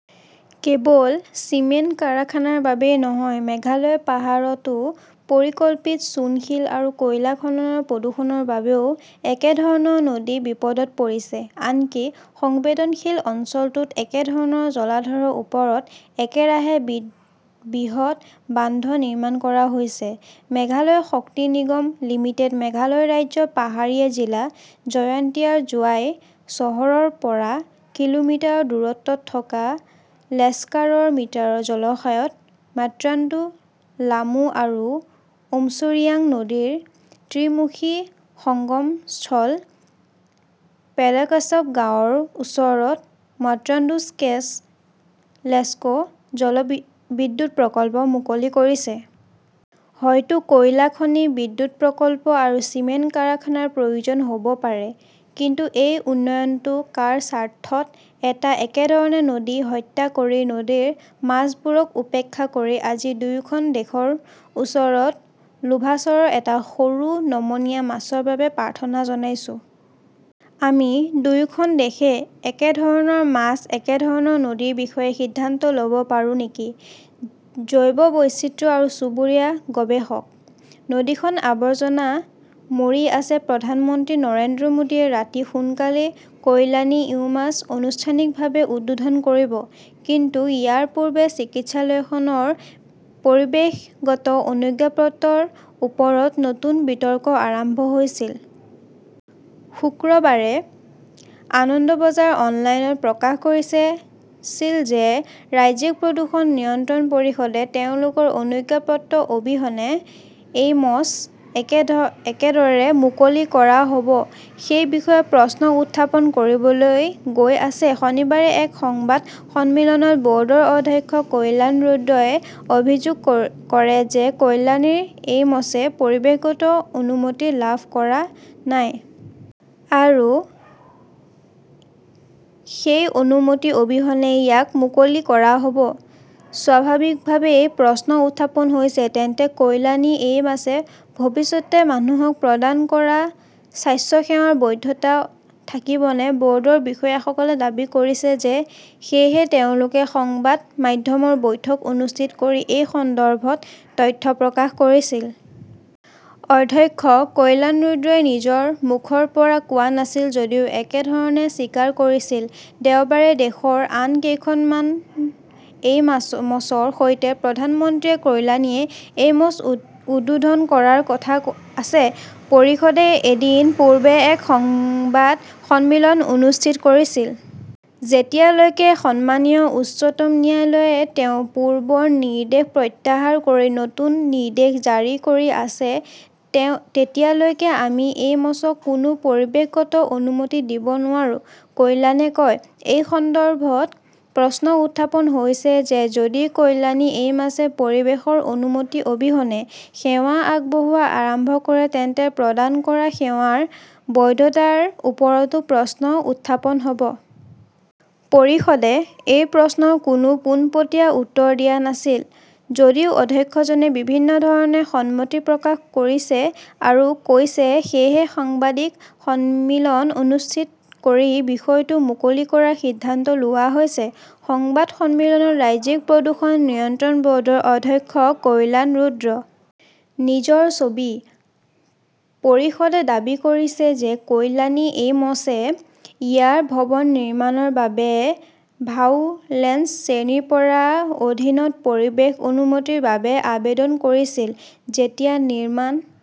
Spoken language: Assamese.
কেৱল চিমেণ্ট কাৰাখানাৰ বাবেই নহয়, মেঘালয় পাহাৰত অ পৰিকল্পিত চূণশিল আৰু কয়লা খননৰ প্ৰদূষণৰ বাবেও একেধৰণৰ নদী বিপদত পৰিছে। আনকি সংবেদনশীল অঞ্চলটোত একে ধৰণৰ জলধাৰাৰ ওপৰত একেৰাহে বৃহৎ বান্ধ নিৰ্মাণ কৰা হৈছে। মেঘালয় শক্তি নিগম লিমিটেডে মেঘালয় ৰাজ্যৰ পাহাৰীয়া জিলা জয়ন্তীয়াৰ জোৱাই চহৰৰ পৰা কিলোমিটাৰ দূৰত্বত থকা লেস্কাৰৰ মিটাৰ জলাশয়ত মন্টাদু, লামু আৰু উমছৰিয়াং নদীৰ ত্ৰি-মুখী সঙ্গমস্থল পেডেকাংছাপ গাঁৱৰ ওচৰত মন্টাদু লেস্কা জলবিদ্যুৎ প্ৰকল্প মুকলি কৰিছে। হয়তো কয়লা খনি, বিদ্যুৎ প্ৰকল্প আৰু চিমেণ্ট কাৰখানাৰ প্ৰয়োজন হ’ব পাৰে। কিন্তু এই উন্নয়নটো কাৰ স্বাৰ্থত, এটা একেধৰণৰ নদী হত্যা কৰি, নদীৰ মাছবোৰক উপেক্ষা কৰি আজি দুয়োখন দেশৰ ওচৰত লোভাচাৰাৰ এটা সৰু নমনীয় মাছৰ বাবে প্ৰাৰ্থনা জনাইছো। আমি দুয়োখন দেশে একেধৰণৰ মাছ, একেধৰণৰ নদীৰ বিষয়ে সিদ্ধান্ত ল’ব পাৰোঁ নেকি জৈৱ বৈচিত্ৰ্য আৰু চুবুৰীয়া গৱেষক। নদীখন আৱৰ্জনাত মৰি আছে প্ৰধানমন্ত্ৰী নৰেন্দ্ৰ মোদীয়ে ৰাতি সোনকালেই কল্যাণী এইমছ আনুষ্ঠানিকভাৱে উদ্বোধন কৰিব। কিন্তু ইয়াৰ পূৰ্বে চিকিৎসালয়খনৰ পৰিৱেশগত অনুজ্ঞাপত্ৰৰ ওপৰত নতুন বিতৰ্ক আৰম্ভ হৈছিল। শুকুৰবাৰে আনন্দবাজাৰে অনলাইনত প্ৰকাশ কৰিছিল যে ৰাজ্যিক প্ৰদূষণ নিয়ন্ত্ৰণ পৰিষদে তেওঁলোকৰ অনুজ্ঞাপত্ৰ অবিহনে এইমছ কেনেদৰে মুকলি কৰা হ’ব সেই বিষয়ে প্ৰশ্ন উত্থাপন কৰিবলৈ গৈ আছে। শনিবাৰে এক সংবাদ সন্মিলনত বৰ্ডৰ অধ্যক্ষ কল্যাণ ৰুদ্ৰই অভিযোগ কৰে যে কল্যাণীৰ এইমছে পৰিৱেশগত অনুমতি লাভ কৰা নাই। আৰু সেই অনুমতি অবিহনে ইয়াক মুকলি কৰা হ 'ব। স্বাভাৱিকভাৱেই প্ৰশ্ন উত্থাপন হৈছে, তেন্তে কল্যাণী এইমছে ভৱিষ্যতে মানুহক প্ৰদান কৰা স্বাস্থ্যসেৱাৰ বৈধতা থাকিবনে বৰ্ডৰ বিষয়াসকলে দাবী কৰিছে যে সেয়েহে তেওঁলোকে সংবাদ মাধ্যমৰ বৈঠক অনুষ্ঠিত কৰি এই সন্দৰ্ভত তথ্য প্ৰকাশ কৰিছিল। অধ্যক্ষ কল্যাণ ৰুদ্ৰই নিজৰ মুখৰ পৰা কোৱা নাছিল যদিও একেধৰণে স্বীকাৰ কৰিছিল। দেওবাৰে দেশৰ আন কেইখনমান এইমছৰ সৈতে প্ৰধানমন্ত্ৰীয়ে কল্যাণী এইমছ উদ্বোধন কৰাৰ কথা আছে। পৰিষদে এদিন পূৰ্বে এক সংবাদ সন্মিলন অনুষ্ঠিত কৰিছিল। যেতিয়ালৈকে সন্মানীয় উচ্চতম ন্যায়ালয়ে তেওঁৰ পূৰ্বৰ নিৰ্দেশ প্ৰত্যাহাৰ কৰি নতুন নিৰ্দেশ জাৰি কৰি আছে, তেতিয়ালৈকে আমি এইমছক কোনো পৰিৱেশগত অনুমতি দিব নোৱাৰো, কল্যাণে কয়। এই সন্দৰ্ভত প্ৰশ্ন উত্থাপন হৈছে যে যদি কল্যাণী এইমছে পৰিৱেশৰ অনুমতি অবিহনে সেৱা আগবঢ়োৱা আৰম্ভ কৰে তেন্তে প্ৰদান কৰা সেৱাৰ বৈধতাৰ ওপৰতো প্ৰশ্ন উত্থাপন হ’ব। পৰিষদে এই প্ৰশ্নৰ কোনো পোনপটীয়া উত্তৰ দিয়া নাছিল। যদিও অধ্যক্ষজনে বিভিন্ন ধৰণে সন্মতি প্ৰকাশ কৰিছে আৰু কৈছে, সেয়েহে সাংবাদিক সন্মিলন অনুষ্ঠিত কৰি বিষয়টো মুকলি কৰাৰ সিদ্ধান্ত লোৱা হৈছে। সংবাদ সন্মিলনত ৰাজ্যিক প্ৰদূষণ নিয়ন্ত্ৰণ বৰ্ডৰ অধ্যক্ষ কল্যাণ ৰুদ্ৰ। নিজৰ ছবি। পৰিষদে দাবী কৰিছে যে কল্যাণী এইমছে ইয়াৰ ভৱন নিৰ্মাণৰ বাবে ভাইওলেশন শ্ৰেণী ৰ অধীনত পৰিৱেশ অনুমতিৰ বাবে আবেদন কৰিছিল। যেতিয়া নিৰ্মাণ